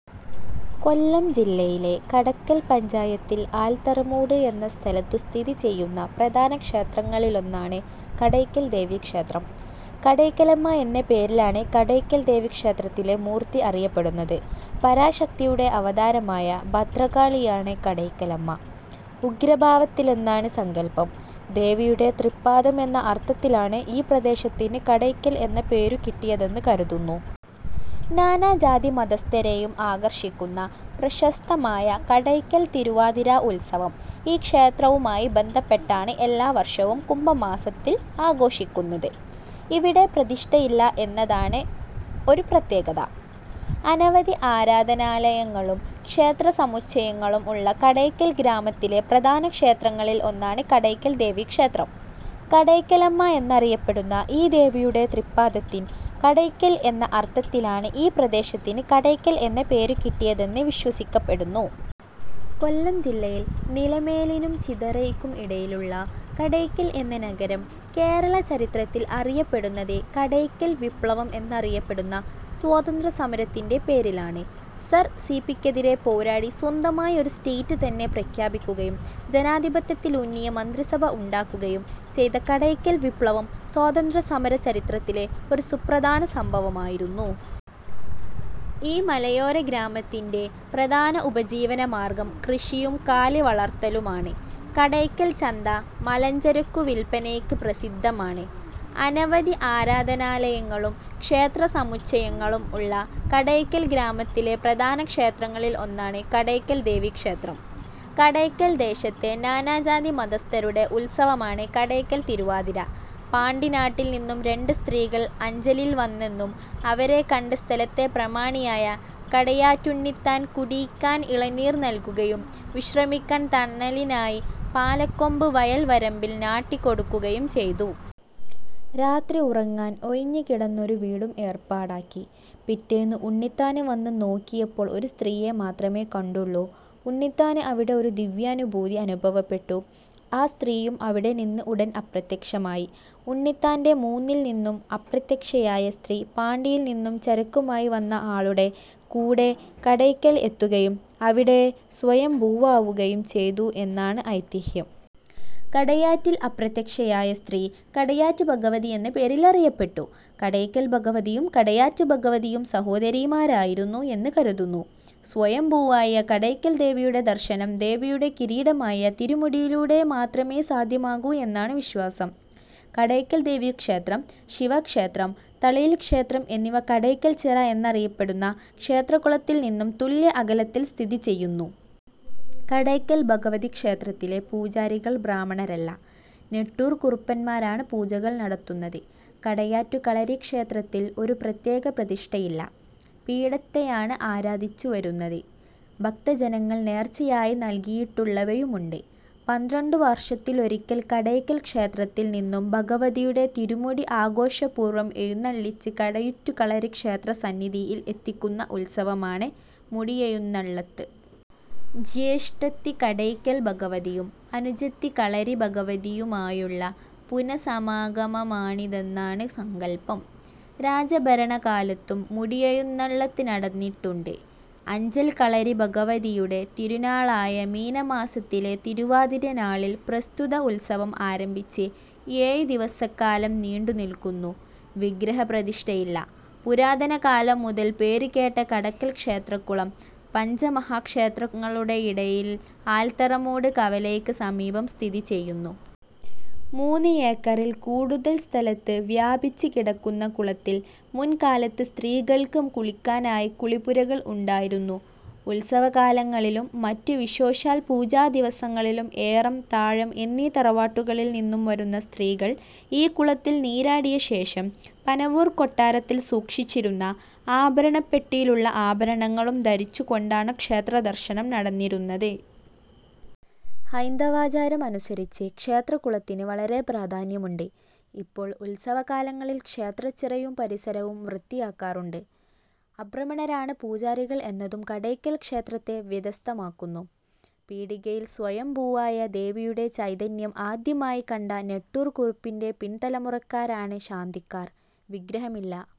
കൊല്ലം ജില്ലയിലെ കടക്കൽ പഞ്ചായത്തിൽ ആൽത്തറമൂട് എന്ന സ്ഥലത്തു സ്ഥിതിചെയ്യുന്ന പ്രധാന ക്ഷേത്രങ്ങളിലൊന്നാണ് കടയ്ക്കൽ ദേവി ക്ഷേത്രം. കടയ്ക്കലമ്മ എന്നപേരിലാണ് കടയ്ക്കൽ ദേവിക്ഷേത്രത്തിലെ മൂർത്തി അറിയപ്പെടുന്നത്. " പരാശക്തിയുടെ " അവതാരമായ " ഭദ്രകാളിയാണ് " കടയ്ക്കലമ്മ. ഉഗ്രഭാവത്തിലെന്നാണ് സങ്കൽപ്പം. ദേവിയുടെ തൃപ്പാദം എന്ന അർത്ഥത്തിലാണ് ഈ പ്രദേശത്തിന് കടയ്ക്കൽ എന്ന പേരു കിട്ടിയതെന്ന് കരുതുന്നു. നാനാജാതി മതസ്ഥരെയും ആകർഷിക്കുന്ന പ്രശസ്തമായ കടയ്ക്കൽ തിരുവാതിര ഉത്സവം ഈ ക്ഷേത്രവുമായി ബന്ധപ്പെട്ടാണ് എല്ലാ വർഷവും കുംഭമാസത്തിൽ ആഘോഷിക്കുന്നത്. ഇവിടെ പ്രതിഷ്ഠയില്ല എന്നതാണ് ഒരു പ്രത്യേകത. അനവധി ആരാധനാലയങ്ങളും ക്ഷേത്ര സമുച്ചയങ്ങളും ഉള്ള കടയ്ക്കൽ ഗ്രാമത്തിലെ പ്രധാന ക്ഷേത്രങ്ങളിൽ ഒന്നാണ് കടയ്ക്കൽ ദേവി ക്ഷേത്രം. കടയ്ക്കലമ്മ എന്നറിയപ്പെടുന്ന ഈ ദേവിയുടെ തൃപ്പാദത്തിൻ കടയ്ക്കൽ എന്ന അർത്ഥത്തിലാണ് ഈ പ്രദേശത്തിന് കടയ്ക്കൽ എന്ന പേരു കിട്ടിയതെന്ന് വിശ്വസിക്കപ്പെടുന്നു. കൊല്ലം ജില്ലയിൽ നിലമേലിനും ചിതറയ്ക്കും ഇടയിലുള്ള കടയ്ക്കൽ എന്ന നഗരം കേരള ചരിത്രത്തിൽ അറിയപ്പെടുന്നത് കടയ്ക്കൽ വിപ്ലവം എന്നറിയപ്പെടുന്ന സ്വാതന്ത്ര്യസമരത്തിന്റെ പേരിലാണ്. Sir C. പി ക്കെതിരെ പോരാടി സ്വന്തമായി ഒരു സ്റ്റേറ്റ് തന്നെ പ്രഖ്യാപിക്കുകയും ജനാധിപത്യത്തിലൂന്നിയ മന്ത്രിസഭ ഉണ്ടാക്കുകയും ചെയ്ത കടയ്ക്കൽ വിപ്ലവം സ്വാതന്ത്ര്യ സമര ചരിത്രത്തിലെ ഒരു സുപ്രധാന സംഭവമായിരുന്നു. ഈ മലയോരഗ്രാമത്തിന്റെ പ്രധാന ഉപജീവന മാർഗ്ഗം കൃഷിയും കാലിവളർത്തലുമാണ്. കടയ്ക്കൽ ചന്ത മലഞ്ചരക്കു വിൽപ്പനയ്ക്ക് പ്രസിദ്ധമാണ്. അനവധി ആരാധനാലയങ്ങളും ക്ഷേത്ര സമുച്ചയങ്ങളും ഉള്ള കടയ്ക്കൽ ഗ്രാമത്തിലെ പ്രധാനക്ഷേത്രങ്ങളിൽ ഒന്നാണ് കടയ്ക്കൽ ദേവി ക്ഷേത്രം. കടയ്ക്കൽ ദേശത്തെ നാനാജാതി മതസ്ഥരുടെ ഉത്സവമാണ് കടയ്ക്കൽ തിരുവാതിര. പാണ്ടി നാട്ടിൽ നിന്നും രണ്ട് സ്ത്രീകൾ അഞ്ചലിൽ വന്നെന്നും അവരെ കണ്ട് സ്ഥലത്തെ പ്രമാണിയായ കടയാറ്റുണ്ണിത്താൻ കുടിയ്ക്കാൻ ഇളനീർ നൽകുകയും വിശ്രമിക്കാൻ തണലിനായി പാലകൊമ്പ് വയൽ വരമ്പിൽ നാട്ടി കൊടുക്കുകയും ചെയ്തു. രാത്രി ഉറങ്ങാൻ ഒഴിഞ്ഞ് കിടന്നൊരു വീടും ഏർപ്പാടാക്കി. പിറ്റേന്ന് ഉണ്ണിത്താൻ വന്ന് ന്നോക്കിയപ്പോൾ ഒരു സ്ത്രീയെ മാത്രമെ കണ്ടുള്ളൂ. ഉണ്ണിത്താന് അവിടെ ഒരു ദിവ്യാനുഭൂതി അനുഭവപ്പെട്ടു. ആ സ്ത്രീയും അവിടെ നിന്ന് ഉടൻ അപ്രത്യക്ഷമായി. ഉണ്ണിത്താന്റെ മൂന്നിൽ നിന്നും അപ്രത്യക്ഷയായ സ്ത്രീ പാണ്ടിയിൽ നിന്നും ചരക്കുമായി വന്ന ആളുടെ കൂടെ കടയ്ക്കൽ എത്തുകയും അവിടേ സ്വയംഭൂവാവുകയും ചെയ്തു എന്നാണ് ഐതിഹ്യം. കടയാറ്റിൽ അപ്രത്യക്ഷയായ സ്ത്രീ കടയാറ്റ് ഭഗവതി എന്ന പേരിൽ അറിയപ്പെട്ടു. കടയ്ക്കൽ ഭഗവതിയും കടയാറ്റ് ഭഗവതിയും സഹോദരീമാരായിരുന്നു എന്ന് കരുതുന്നു. സ്വയംഭൂവായ കടയ്ക്കൽ ദേവിയുടെ ദർശനം ദേവിയുടെ കിരീടമായ തിരുമുടിയിലൂടെ മാത്രമേ സാദ്ധ്യമാകൂ എന്നാണ് വിശ്വാസം. കടയ്ക്കൽ ദേവിക്ഷേത്രം, ശിവക്ഷേത്രം, തളിയിൽ ക്ഷേത്രം എന്നിവ കടയ്ക്കൽ ചിറ എന്നറിയപ്പെടുന്ന ക്ഷേത്രകുളത്തിൽ നിന്നും തുല്യ അകലത്തിൽ സ്ഥിതി ചെയ്യുന്നു. കടയ്ക്കൽ ഭഗവതി ക്ഷേത്തിലെ പൂജാരികൾ ബ്രാഹ്മണരല്ല. നെട്ടൂർ കുറുപ്പന്മാരാണ് പൂജകൾ നടത്തുന്നത്. കടയാറ്റു കളരീക്ഷേത്രത്തിൽ ഒരു പ്രത്യേക പ്രതിഷ്ഠയില്ല. പീഠത്തെയാണ് ആരാദിച്ചു വരുന്നത്. ഭക്തജനങ്ങൾ നേർച്ചയായി നൽകിയിട്ടുള്ളവയുമുണ്ട്. പന്ത്രണ്ടു വർഷത്തിലൊരിക്കൽ കടയ്ക്കൽ ക്ഷേത്രത്തിൽ നിന്നും ഭഗവതിയുടെ തിരുമുടി ആഘോഷപൂർവ്വം എഴുന്നള്ളിച്ച് കടയുറ്റു കളരി ക്ഷേത്രസന്നിധിയിൽ എത്തിക്കുന്ന ഉത്സവമാണ് ' മുടിയെഴുന്നള്ളത്ത് '. ജ്യേഷ്ഠത്തി കടയ്ക്കൽ ഭഗവതിയും അനുജത്തി കളരി ഭഗവതിയുമായുള്ള പുനഃസമാഗമമാണിതെന്നാണ് സങ്കല്പം. രാജഭരണകാലത്തും മുടിയെഴുന്നള്ളത്ത് നടന്നിട്ടുണ്ട്. അഞ്ചൽ കളരി ഭഗവതിയുടെ തിരുനാളായ മീനമാസത്തിലെ തിരുവാതിര നാളിൽ പ്രസ്തുത ഉത്സവം ആരംഭിച്ച് ഏഴുദിവസക്കാലം നീണ്ടുനില്ക്കുന്നു. വിഗ്രഹ പ്രതിഷ്ഠയില്ല. പുരാതന കാലം മുതൽ പേരുകേട്ട കടക്കൽ ക്ഷേത്രക്കുളം പഞ്ചമഹാക്ഷേത്രങ്ങളുടെയിടയിൽ ആൽത്തറമൂട് കവലയ്ക്ക് സമീപം സ്ഥിതിചെയ്യുന്നു. മൂന്ന് ഏക്കറിൽ കൂടുതൽ സ്ഥലത്ത് വ്യാപിച്ച് കിടക്കുന്ന കുളത്തിൽ മുൻകാലത്ത് സ്ത്രീകൾക്ക് കുളിക്കാനായി കുളിപുരകൾ ഉണ്ടായിരുന്നു. ഉത്സവകാലങ്ങളിലും, മറ്റ് വിശോഷാൽ പൂജാ ദിവസങ്ങളിലും ഏറം, താഴം എന്നീ തറവാട്ടുകളിൽ നിന്നുംവരുന്ന സിത്രീകൾ ഈ കുളത്തിൽ നീരാടിയ ശേഷം പനവൂർ കൊട്ടാരത്തിൽ സൂക്ഷിച്ചിരുന്ന ആഭരണപ്പെട്ടിയിലുള്ള ആഭരണങ്ങളും ധരിച്ചു കൊണ്ടാണ് ക്ഷേത്ര ദർശനം നടന്നിരുന്നത്. ഹൈന്ദവാചാരം അനുസരിച്ച് ക്ഷേത്രക്കുളത്തിന് വളരെ പ്രാധാന്യമുണ്ട്. ഇപ്പോൾ ഉത്സവകാലങ്ങളിൽ ക്ഷേത്രച്ചിറയും പരിസരവും വൃത്തിയാക്കാറുണ്ട്. അബ്രഹ്മണരാണ് പൂജാരികൾ എന്നതും കടയ്ക്കൽ ക്ഷേത്രത്തെ വ്യതസ്തമാക്കുന്നു. പീടികയിൽ സ്വയം ഭൂവായ ദേവിയുടെ ചൈതന്യം ആദ്യമായി കണ്ട നെട്ടൂർ കുറുപ്പിന്റെ പിൻതലമുറക്കാരാണ് ശാന്തിക്കാർ. വിഗ്രഹമില്ല.